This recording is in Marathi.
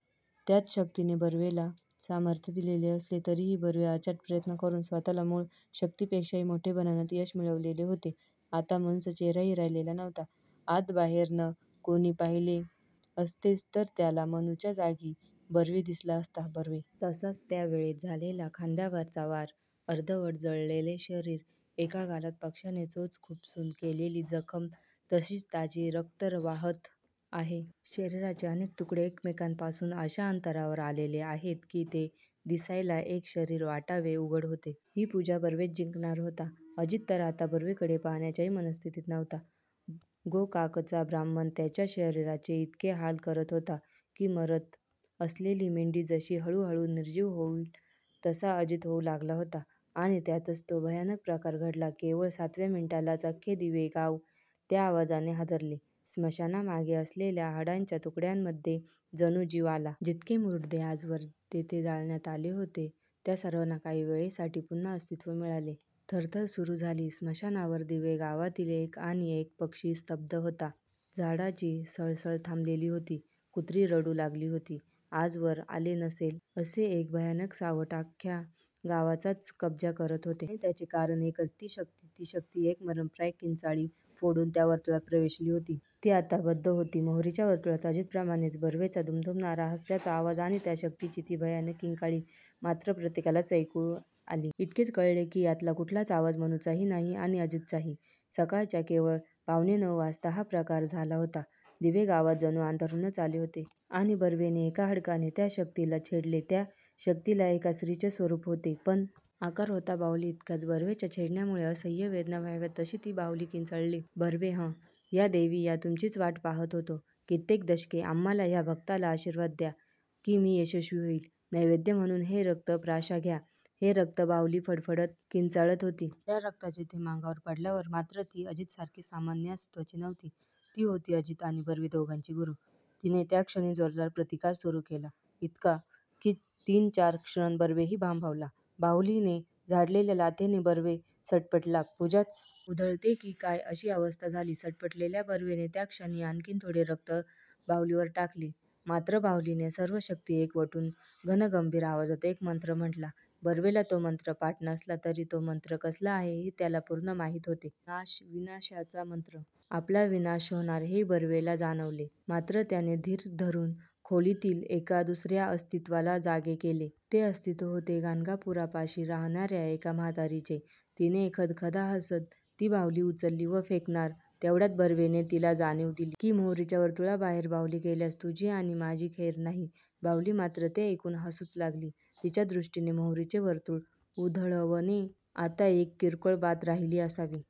त्याच शक्तीने बर्वेला सामर्थ्य दिलेले असले तरीही बर्वेने अचाट प्रयत्न करून स्वतःला मूळ शक्तीपेक्षाही मोठे बनवण्यात यश मिळवलेले होते. आता मनूचा चेहराही राहिलेला नव्हता, आताबाहेर्न कुणी पाहिले असतेच तर त्याला मनूच्या जागी बर्वे दिसला असता. बर्वे! तसाच त्या वेळेस झालेला खांद्यावरचा वार! अर्धवट जळलेले शरीर एका गालात पक्ष्याने चोच खुपसून केलेली जखम तशीच ताजी रक्त वाहात आहे. शरीराचे अनेक तुकडे एकमेकांपासून अशा अंतरावर आलेले आहेत की ते दिसायला एक शरीर वाटावे उघड होते. ही पूजा बर्वेच जिंकणार होता. अजित तर आता बर्वेकडे पाहण्याच्याही मनस्थितीत नव्हता गोकाकचा ब्राह्मण त्याच्या शरीराचे इतके हाल करत होता. की मरत असलेली मेंढी जशी हळूहळू निर्जीव होईल तसा अजित होऊ लागला होता. आणि त्यातच तो भयानक प्रकार घडला केवळ सातव्या मिनिटालाच अख्खे दिवे गाव त्या आवाजाने हादरले, स्मशानामागे असलेल्या हाडांच्या तुकड्यांमध्ये जणू जीव आला. जितके मुडदे आजवर तेथे जाळण्यात आले होते. त्या सर्वांना काही वेळासाठी पुन्हा अस्तित्व मिळाले. थरथर सुरू झाली स्मशानावर दिवे गावातील एक आणि एक पक्षी स्तब्ध होता. झाडांची सळसळ थांबलेली होती. कुत्री रडू लागली होती, आजवर आले नसेल, असे एक भयानक सावट अख्ख्या गावाचाच कब्जा करत होते. आणि त्याचे कारण एकच ती शक्ती ती शक्ती एक मरणप्राय किंचाळी फोडून त्या वर्तुळात प्रवेशली होती. ती आता बद्ध होती मोहरीच्या वर्तुळात अजितप्रमाणेच, बर्वेचा दुमदुमणारा हास्याचा आवाज आणि त्या शक्तीची ती भयानक किंकाळी मात्र प्रत्येकालाच ऐकू आली. इतकेच कळले की यातला कुठलाच आवाज मनूचाही नाही आणि अजितचाही! सकाळच्या केवळ पावणे नऊ वाजता हा प्रकार झाला होता. दिवे गावात जणू अंधारूनच आले होते.. आणि बर्वेने एका हाडकाने त्या शक्तीला छेडले त्या शक्तीला एका स्त्रीचे स्वरूप होते.पण आकार होता बाहुलीइतकाच, बर्वेच्या छेडण्यामुळे असह्य वेदना व्हाव्यात तशी ती बाहुली किंचाळली, बर्वे हं! या देवी या तुमचीच वाट पाहात होतो. कित्येक दशके, आम्हाला या भक्ताला आशीर्वाद द्या, की मी यशस्वी होईन. नैवेद्य म्हणून हे रक्त प्राशा घ्या, हे रक्त बाहुली तडफडत किंचाळत होती. त्या रक्ताचे थेंब अंगावर पडल्यावर! मात्र ती अजितसारखी सामान्य अस्तित्वाची नव्हती. ती होती अजित आणि बर्वे दोघांची गुरू! तिने त्याच्क्षणी जोरदार प्रतिकार सुरू केला. इतका, की तीन चार क्षण बर्वेही भांबावला. बाहुलीने झाडलेल्या लाथेने बर्वे सटपटला. पूजाच उधळते की काय अशी अवस्था झाली. सटपटलेल्या बर्वेने त्याच क्षणी आणखीन थोडे रक्त बाहुलीवर टाकले. मात्र बाहुलीने सर्व शक्ती एकवटून घनगंभीर आवाजात एक मंत्र म्हंटला, बर्वेला तो मंत्र पाठ नसला तरी तो मंत्र कसला आहे हे त्याला पूर्ण माहीत होते. नाश! विनाशाचा मंत्र! आपला विनाश होणार हे बर्वेला जाणवले! मात्र त्याने धीर धरून खोलीतील एका दुसर्या अस्तित्वाला जागे केले. ते अस्तित्व होते गाणगापूरपाशी राहणार्या एका म्हातारीचे तिने खदाखदा हासत, ती बाहुली उचलली व फेकणार तेवढ्यात बर्वेने तिला जाणीव दिली. की मोहरीच्या वर्तुळाबाहेर बाहुली गेल्यास तुझी आणि माझी खैर नाही. बाहुली मात्र ते ऐकून हसूच लागली. तिच्या दृष्टीने मोहरीचे वर्तुळ उधळवणे आता एक किरकोळ बात राहिली असावी.